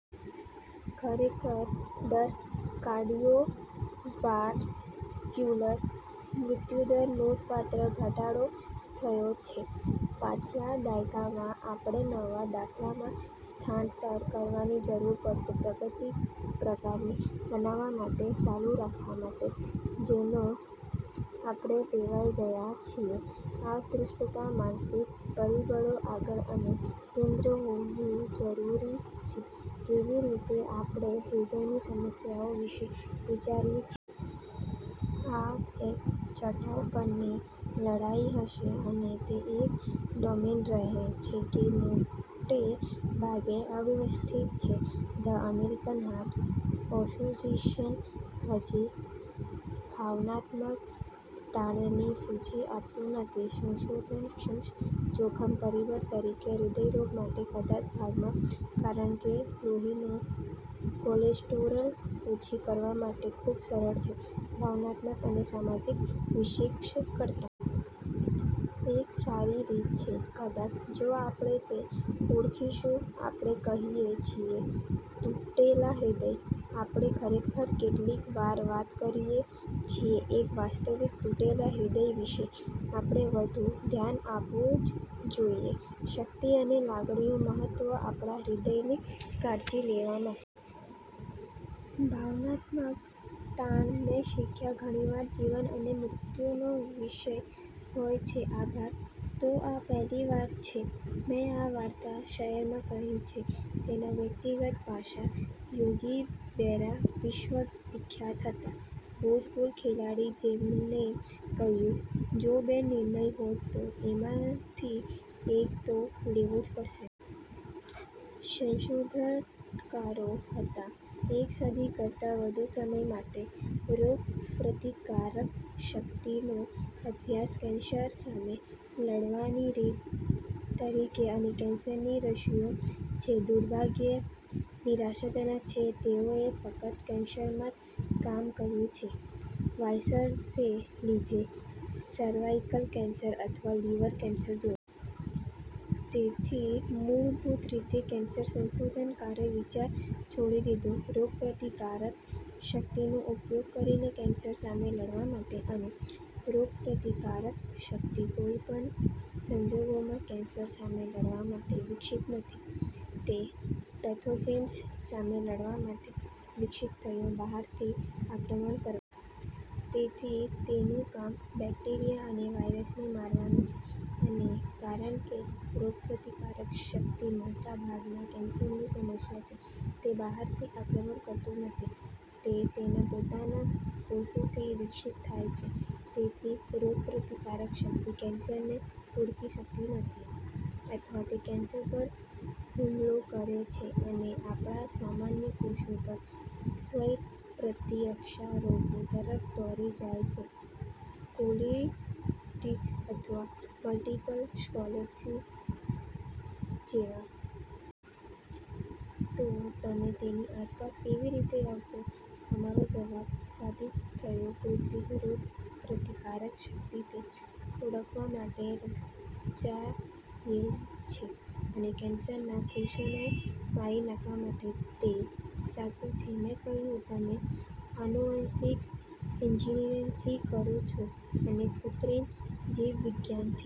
ખરેખર દર કાર્ડિયોવાસ્ક્યુલર મૃત્યુદર નોંધપાત્ર ઘટાડો થયો છે પાછલા દાયકામાં. આપણે નવા દાખલામાં સ્થાતર કરવાની જરૂર પડશે પ્રગતિ પ્રકારની બનાવવા માટે, ચાલુ રાખવા માટે જેનો આપણે ટેવાઈ ગયા છીએ. આ દૃષ્ટાંતમાં માનસિક પરિબળો આગળ અને કેન્દ્ર હોવું જરૂરી છે કેવી રીતે આપણે હૃદયની સમસ્યાઓ વિશે વિચારીએ છી આ એક ચડાવ પરની લડાઇ હશે અને તે એક ડોમેન રહે છે તે મોટે ભાગે અવ્યવસ્થિત છે. ધ અમેરિકન હાર્ટ એસોસિએશન હજી ભાવનાત્મક તાણની સૂચિ આપતું નથી. સંશોધનક્ષમ જોખમ પરિબળ તરીકે હૃદય રોગ માટે કદાચ ભાગમાં કારણ કે લોહીનું કોલેસ્ટરોલ ઓછી કરવા માટે ખૂબ સરળ છે ભાવનાત્મક અને સામાજિક વિક્ષેપ કરતાં. એક સારી રીત છે. કદાચ જો આપણે તે ઓળખીશું આપણે કહીએ છીએ "તૂટેલા હૃદય". આપણે ખરેખર કેટલીક વાર વાત કરીએ છીએ એક વાસ્તવિક તૂટેલા હૃદય વિશે. આપણે વધુ ધ્યાન આપવું જ જોઇએ શક્તિ અને લાગણીઓ મહત્વ આપણા હૃદયની કાળજી લેવામાં. ભાવનાત્મક તાણ મેં શીખ્યા ઘણીવાર જીવન અને મૃત્યુનો વિષય હોય છે. આભાર. તો આ પહેલીવાર છે મેં આ વાર્તા જાહેરમાં કહી છે. તેના વ્યક્તિગત પાસાં. યોગી બેરા વિશ્વવિખ્યાત હતા બેઝબોલ ખેલાડી જેમણે કહ્યું, "જો બે નિર્ણય હોય તો એમાંથી એક તો લેવુજ પડશે". સંશોધનકારો હતા એક સદી કરતાં વધુ સમય માટે. રોગપ્રતિકારક શક્તિનો અભ્યાસ કેન્સર સામે લડવાની રીત તરીકે અને કેન્સરની રસીઓ છે, દુર્ભાગ્યે, નિરાશાજનક છે. તેઓએ ફક્ત કેન્સરમાં જ કામ કર્યું છે વાયરસને લીધે સર્વાઇકલ કેન્સર અથવા લીવર કેન્સર જેવા. તેથી મૂળભૂત રીતે કેન્સર સંશોધનકારો વિચાર છોડી દીધી રોગપ્રતિકારક શક્તિનો ઉપયોગ કરીને કેન્સર સામે લડવા માટે. અને રોગપ્રતિકારક શક્તિ કોઈ પણ સંજોગોમાં કેન્સર સામે લડવા માટે વિકસિત નથી. તે પેથોજેન્સ સામે લડવા માટે વિકસિત થયો બહારથી આક્રમણ કરવા. તેથી તેનું કામ બેક્ટેરિયા અને વાયરસને મારવાનું છે. અને કારણ કે રોગપ્રતિકારક શક્તિ મોટા ભાગના કેન્સરની સમસ્યા છે, તે બહારથી આક્રમણ કરતું નથી. તે તેના પોતાના કોષોથી વિકસિત થાય છે. તેથી રોગપ્રતિકારક શક્તિ કેન્સરને ઓળખી સકતી નથી અથવા તે કેન્સર પર હુમલો કરે છે અને આપણા સામાન્ય કોષો પર, સ્વયંપ્રતિરક્ષા રોગો તરફ દોરી જાય છે કોલિટીસ અથવા મલ્ટીપલ સ્ક્લોસિસ જેવા. તો તમે તેની આસપાસ કેવી રીતે આવશો? અમારો જવાબ સાબિત થયો કૃત્રિમ રોગપ્રતિકારક શક્તિ તે ઓળખવા માટે રચાયેલ છે અને કેન્સરના કોષોને મારી નાખવા માટે. તે સાચું છે મેં કહ્યું. તમે આનુવંશિક એન્જિનિયરિંગથી કરો છો અને કૃત્રિમ જીવવિજ્ઞાન થી.